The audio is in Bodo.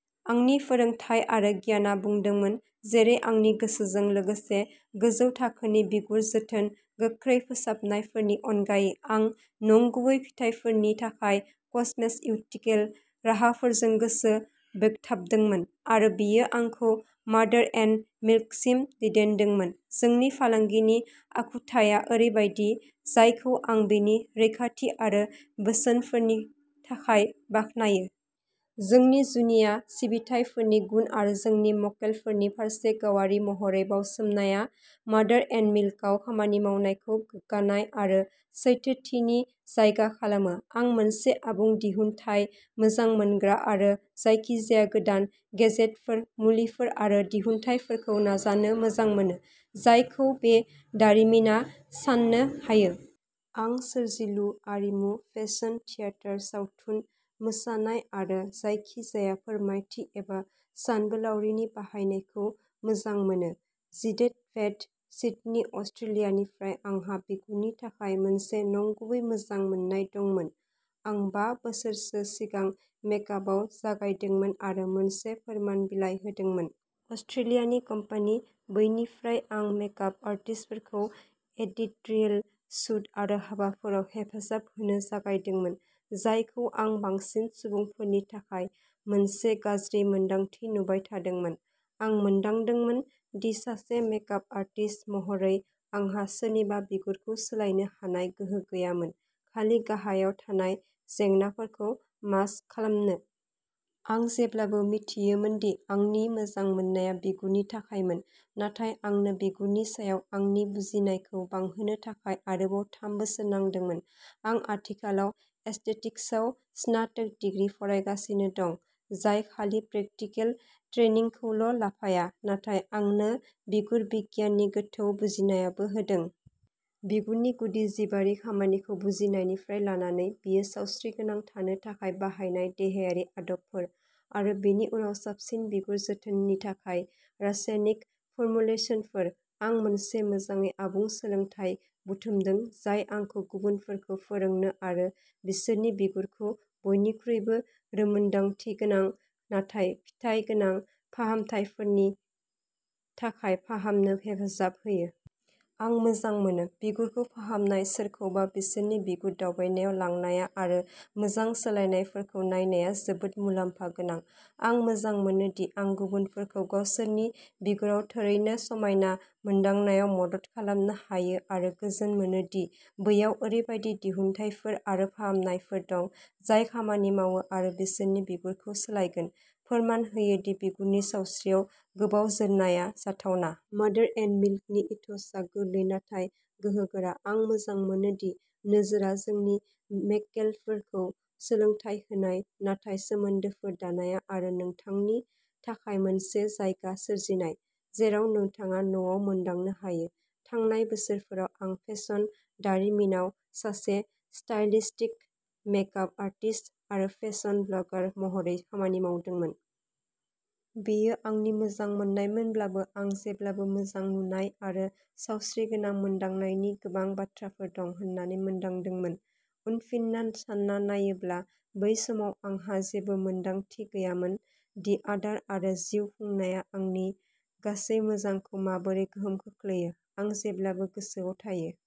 आंनि फोरोंथाय आरो गियानआ बांदोंमोन जेरै आंनि गोसोजों लोगोसे गोजौ थाखोनि बिगुर जोथोन गोख्रै फोसाबनायफोरनि अनगायै, आं नंगुबै फिथायफोरनि थाखाय कस्मेस्युटिकेल राहाफोरजों गोसो बोगथाबदोंमोन आरो बेयो आंखौ मर्टार एन्ड मिल्कसिम दैदेनदोंमोन। जोंनि फालांगिनि आखुथाइआ ओरैबायदि जायखौ आं बेनि रैखाथि आरो बोसोनफोरनि थाखाय बाख्नायो। जोंनि जुनिया सिबिथाइफोरनि गुन आरो जोंनि मक्केलफोरनि फारसे गावारि महरै बावसोमनाया मर्टार एन्ड मिल्कआव खामानि मावनायखौ गोग्गानाय आरो सैथोथिनि जायगा खालामो। आं मोनसे आबुं दिहुनथाय मोजां मोनग्रा आरो जायखिजाया गोदान गेजेटफोर, मुलिफोर आरो दिहुनथायफोरखौ नाजानो मोजां मोनो, जायखौ बे दारिमिना साननो हायो। आं सोरजिलु, आरिमु, फेसन, थियेटार, सावथुन, मोसानाय आरो जायखिजाया फोरमायथि एबा सानबोलावरिनि बाहायनायखौ मोजां मोनो। जिडे मेट सिडनी अस्ट्रेलियानिफ्राय आंहा बिगुरनि थाखाय मोनसे नंगुबै मोजां मोन्नाय दंमोन। आं बा बोसोरसो सिगां मेकआपआव जागायदोंमोन आरो मोनसे फोरमान बिलाइ होदोंमोन। अस्ट्रेलियानि कम्पानि, बैनिफ्राय आं मेकआप आर्टिस्टफोरखौ एडिट'रियेल शूट आरो हाबाफोराव हेफाजाब होनो जागायदोंमोन, जायखौ आं बांसिन सुबुंफोरनि थाखाय मोनसे गाज्रि मोन्दांथि नुबाय थादोंमोन, आं मोनदांदोंमोन दि सासे मेकआप आर्टिस्ट महरै आंहा सोरनिबा बिगुरखौ सोलायनो हानाय गोहो गैयामोन, खालि गाहायाव थानाय जेंनाफोरखौ मास्क खालामनो। आं जेब्लाबो मिथियोमोन दि आंनि मोजां मोननाया बिगुरनि थाखायमोन, नाथाय आंनो बिगुरनि सायाव आंनि बुजिनायखौ बांहोनो थाखाय आरोबाव थाम बोसोर नांदोंमोन। आं आथिखालाव एस्थेटिक्सआव स्नातक डिग्री फरायगासिनो दं, जाय खालि प्रेकटिकल ट्रेइनिंखौल' लाफाया, नाथाय आंनो बिगुर-बिगियाननि गोथौ बुजिनायबो होदों। बिगुरनि गुदि जिबारि खामानिखौ बुजिनायनिफ्राय लानानै बेयो सावस्रिगोनां थानो थाखाय बाहायनाय देहायारि आदबफोर आरो बेनि उनाव साबसिन बिगुर जोथोननि थाखाय रासायनिक फर्मुलेसनफोर, आं मोनसे मोजाङै आबुं सोलोंथाय बुथुमदों जाय आंखौ गुबुनफोरखौ फोरोंनो आरो बिसोरनि बिगुरखौ बयनिख्रुइबो रोंमोनदांथिगोनां नाथाय फिथाय गोनां फाहामथायफोरनि थाखाय फाहामनो हेफाजाब होयो। आं मोजां मोनो। बिगुरखौ फाहामनाय, सोरखौबा बिसोरनि बिगुर दावबायनायाव लांनाया आरो मोजां सोलायनायफोरखौ नायनाया जोबोद मुलाम्फा गोनां। आं मोजां मोनो दि आं गुबुनफोरखौ गावसोरनि बिगुराव थारैनो समायना मोनदांनायाव मदद खालामनो हायो आरो गोजोन मोनो दि बैयाव ओरैबायदि दिहुनथायफोर आरो फाहामनायफोर दं जाय खामानि मावो आरो बिसोरनि बिगुरखौ सोलायगोन, फोरमान होयो दि बिगुरनि सावस्रियाव गोबाव जोरनाया जाथावना। मर्टार एन्ड मिल्कनि इथ'सआ गोरलै नाथाय गोहोगोरा, आं मोजां मोनो दि नोजोरआ जोंनि मक्केलफोरखौ सोलोंथाय होनाय नाथाय सोमोन्दोफोर दानाय आरो नोंथांनि थाखाय मोनसे जायगा सोरजिनाय जेराव नोंथाङा न'आव मोनदांनो हायो। थांनाय बोसोरफोराव आं फेशन दारिमिनाव सासे स्टाइलिस्ट, मेक-आप आर्टिस्ट आरो फेशन ब्लगार महरै खामानि मावदोंमोन। बेयो आंनि मोजांमोननायमोनब्लाबो, आं जेब्लाबो मोजां नुनाय आरो सावस्रिगोनां मोनदांनायनि गोबां बाथ्राफोर दं होन्ना मोनदांदोंमोन। उनफिनना सानना नायब्ला, बै समाव आंहा जेबो मोनदांथि गैयामोन दि आदार आरो जिउ खुंनाया आंनि गासै मोजांखौ माबोरै गोहोम खोख्लैयो। आं जेब्लाबो गोसोआव थायो।